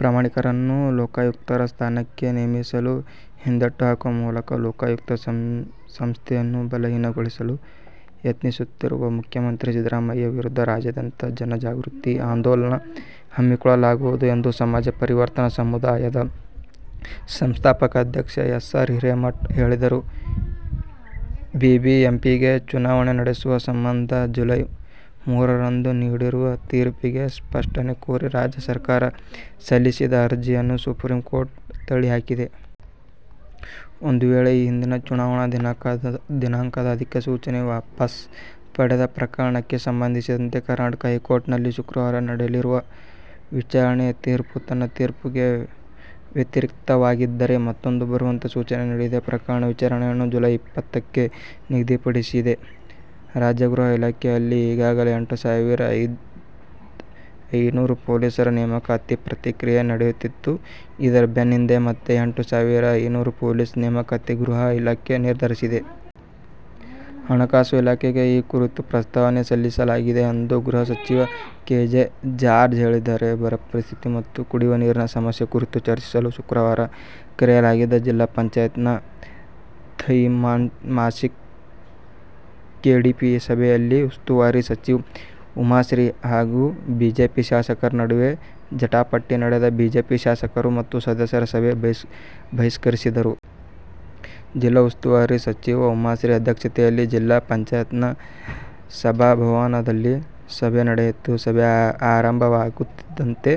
ಪ್ರಾಮಾಣಿಕರನ್ನು ಲೋಕಾಯುಕ್ತರ ಸ್ಥಾನಕ್ಕೆ ನೇಮಿಸಲು ಹಿಂದೇಟು ಹಾಕುವ ಮೂಲಕ ಲೋಕಾಯುಕ್ತ ಸಂಸ್ಥೆಯನ್ನು ಬಲಹೀನಗೊಳಿಸಲು ಯತ್ನಿಸುತ್ತಿರುವ ಮುಖ್ಯಮಂತ್ರಿ ಸಿದ್ದರಾಮಯ್ಯ ವಿರುದ್ಧ ರಾಜ್ಯಾದ್ಯಂತ ಜನಜಾಗೃತಿ ಆಂದೋಲನ ಹಮ್ಮಿಕೊಳ್ಳಲಾಗುವುದು ಎಂದು ಸಮಾಜ ಪರಿವರ್ತನ ಸಮುದಾಯದ ಸಂಸ್ಥಾಪಕ ಅಧ್ಯಕ್ಷ ಎಸ್. ಆರ್. ಹಿರೇಮಠ ಹೇಳಿದರು. ಬಿಬಿಎಂಪಿಗೆ ಚುನಾವಣೆ ನಡೆಸುವ ಸಂಬಂಧ ಜುಲೈ ಮೂರರಂದು ನೀಡಿರುವ ತೀರ್ಪಿಗೆ ಸ್ಪಷ್ಟನೆ ಕೋರಿ ರಾಜ್ಯ ಸರ್ಕಾರ ಸಲ್ಲಿಸಿದ್ದ ಅರ್ಜಿಯನ್ನು ಸುಪ್ರೀಂಕೋರ್ಟ್ ತಳ್ಳಿಹಾಕಿದೆ. ಒಂದು ವೇಳೆ, ಈ ಹಿಂದಿನ ಚುನಾವಣಾ ದಿನಾಂಕದ ಅಧಿಸೂಚನೆ ವಾಪಸ್ ಪಡೆದ ಪ್ರಕರಣಕ್ಕೆ ಸಂಬಂಧಿಸಿದಂತೆ ಕರ್ನಾಟಕ ಹೈಕೋರ್ಟ್ನಲ್ಲಿ ಶುಕ್ರವಾರ ನಡೆಯಲಿರುವ ವಿಚಾರಣೆಯ ತೀರ್ಪು ತನ್ನ ತೀರ್ಪಿಗೆ ವ್ಯತಿರಿಕ್ತವಾಗಿದ್ದರೆ ಮತ್ತೂಮ್ಮೆ ಬರುವಂತೆ ಸೂಚನೆ ನೀಡಿದೆ. ಪ್ರಕರಣದ ವಿಚಾರಣೆಯನ್ನು ಜುಲೈ ಇಪ್ಪತ್ತಕ್ಕೆ ನಿಗದಿಪಡಿಸಿದೆ. ರಾಜ್ಯ ಗೃಹ ಇಲಾಖೆಯಲ್ಲಿ ಈಗಾಗಲೇ ಎಂಟು ಸಾವಿರದ ಐನೂರು ಪೊಲೀಸರ ನೇಮಕಾತಿ ಪ್ರಕ್ರಿಯೆ ನಡೆಯುತ್ತಿದ್ದು, ಇದರ ಬೆನ್ನ ಹಿಂದೆಯೇ ಮತ್ತೆ ಎಂಟು ಸಾವಿರದ ಐನೂರು ಪೊಲೀಸರ ನೇಮಕಾತಿಗೆ ಗೃಹ ಇಲಾಖೆ ನಿರ್ಧರಿಸಿದೆ. ಹಣಕಾಸು ಇಲಾಖೆಗೆ ಈ ಕುರಿತು ಪ್ರಸ್ತಾವನೆ ಸಲ್ಲಿಸಲಾಗಿದೆ ಎಂದು ಗೃಹ ಸಚಿವ ಕೆ. ಜೆ. ಜಾರ್ಜ್ ಹೇಳಿದ್ದಾರೆ. ಬರ ಪರಿಸ್ಥಿತಿ ಮತ್ತು ಕುಡಿಯುವ ನೀರಿನ ಸಮಸ್ಯೆ ಕುರಿತು ಚರ್ಚಿಸಲು ಶುಕ್ರವಾರ ಕರೆಯಲಾಗಿದ್ದ ಜಿಲ್ಲಾ ಪಂಚಾಯತ್ ನ ತ್ತೈಮಾಸಿಕ ಕೆಡಿಪಿ ಸಭೆಯಲ್ಲಿ ಉಸ್ತುವಾರಿ ಸಚಿವೆ ಉಮಾಶ್ರೀ ಹಾಗೂ ಬಿಜೆಪಿ ಶಾಸಕರ ನಡುವೆ ಜಟಾಪಟಿ ನಡೆದು, ಬಿಜೆಪಿ ಶಾಸಕರು ಮತ್ತು ಸದಸ್ಯರು ಸಭೆ ಬಹಿಷ್ಕರಿಸಿದರು. ಜಿಲ್ಲಾ ಉಸ್ತುವಾರಿ ಸಚಿವೆ ಉಮಾಶ್ರೀ ಅಧ್ಯಕ್ಷತೆಯಲ್ಲಿ ಜಿಲ್ಲಾ ಪಂಚಯತ್ ನ ಸಭಾಭವನದಲ್ಲಿ ಸಭೆ ನಡೆಯಿತು. ಸಭೆ ಆರಂಭವಾಗುತ್ತಿದ್ದಂತೆ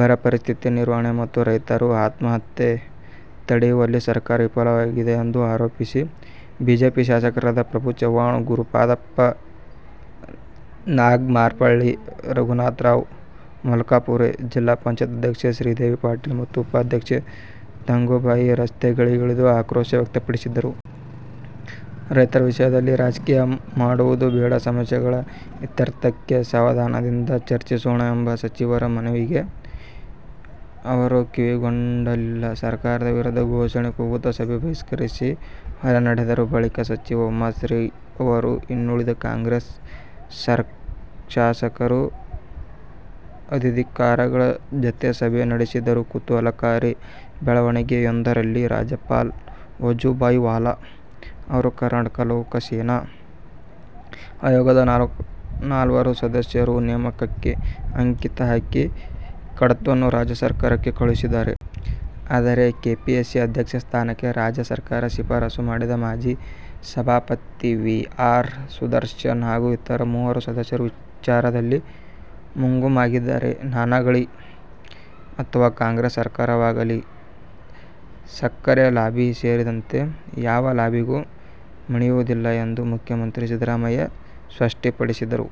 ಬರ ಪರಿಸ್ಥಿತಿ ನಿರ್ವಹಣೆ ಮತ್ತು ರೈತರ ಆತ್ಮಹತ್ಯೆ ತಡೆಯುವಲ್ಲಿ ಸರ್ಕಾರ ವಿಫಲವಾಗಿದೆ ಎಂದು ಆರೋಪಿಸಿ ಬಿಜೆಪಿ ಶಾಸಕರಾದ ಪ್ರಭು ಚವ್ಹಾಣ, ಗುರುಪಾದಪ್ಪ ನಾಗಮಾರಪಳ್ಳಿ, ರಘುನಾಥರಾವ್ ಮಲ್ಕಾಪುರೆ, ಜಿಲ್ಲಾ ಪಂಚಾಯತ್ ಅಧ್ಯಕ್ಷೆ ಶ್ರೀದೇವಿ ಪಾಟೀಲ ಮತ್ತು ಉಪಾಧ್ಯಕ್ಷೆ ತಂಗುಬಾಯಿ ರಸ್ತೆಗಿಳಿದು ಆಕ್ರೋಶ ವ್ಯಕ್ತಪಡಿಸಿದರು. ರೈತರ ವಿಷಯದಲ್ಲಿ ರಾಜಕೀಯ ಮಾಡುವುದು ಬೇಡ, ಸಮಸ್ಯೆಗಳ ಇತ್ಯರ್ಥಕ್ಕೆ ಸಾವಧಾನದಿಂದ ಚರ್ಚಿಸೋಣ ಎಂಬ ಸಚಿವರ ಮನವಿಗೆ ಅವರು ಕಿವಿಗೊಡಲಿಲ್ಲ. ಸರ್ಕಾರದ ವಿರುದ್ಧ ಘೋಷಣೆ ಕೂಗುತ್ತಾ, ಸಭೆ ಬಹಿಷ್ಕರಿಸಿ, ಹೊರನಡೆದರು. ಬಳಿಕ, ಸಚಿವೆ ಉಮಾಶ್ರೀ ಅವರು, ಇನ್ನುಳಿದ ಕಾಂಗ್ರೆಸ್ ಶಾಸಕರು, ಅಧಿಧಿಕಾರಿಗಳ ಜತೆ ಸಭೆ ನಡೆಸಿದರು. ಕುತೂಹಲಕಾರಿ ಬೆಳವಣಿಗೆಯೋಂದರಲ್ಲಿ ರಾಜ್ಯಪಾಲ ವಜುಭಾಯಿ ವಾಲಾ ಅವರು ಕರ್ನಾಟಕ ಲೋಕಸೇವಾ ಆಯೋಗದ ನಾಲ್ವರು ಸದಸ್ಯರ ನೇಮಕಕ್ಕೆ ಅಂಕಿತ ಹಾಕಿ ಕಡತವನ್ನು ರಾಜ್ಯ ಸರ್ಕಾರಕ್ಕೆ ಕಳುಹಿಸಿದ್ದಾರೆ. ಆದರೆ, ಕೆಪಿಎಸ್ಸಿ ಅಧ್ಯಕ್ಷ ಸ್ಥಾನಕ್ಕೆ ರಾಜ್ಯ ಸರ್ಕಾರ ಶಿಫಾರಸು ಮಾಡಿದ್ದ ಮಾಜಿ ಸಭಾಪತಿ ವಿ. ಆರ್. ಸುದರ್ಶನ್ ಹಾಗೂ ಇತರ ಮೂವರು ಸದಸ್ಯರ ವಿಚಾರದಲ್ಲಿ ಮುಗುಂ ಆಗಿದ್ದಾರೆ. ನಾನಾಗಲಿ ಅಥವಾ ಕಾಂಗ್ರೆಸ್ ಸರ್ಕಾರವಾಗಲಿ ಸಕ್ಕರೆ ಲಾಬಿ ಸೇರಿದಂತೆ ಯಾವ ಲಾಬಿಗೂ ಮಣಿಯುವುದಿಲ್ಲ ಎಂದು ಮುಖ್ಯಮಂತ್ರಿ ಸಿದ್ದರಾಮಯ್ಯ ಸ್ಪಷ್ಟಪಡಿಸಿದರು.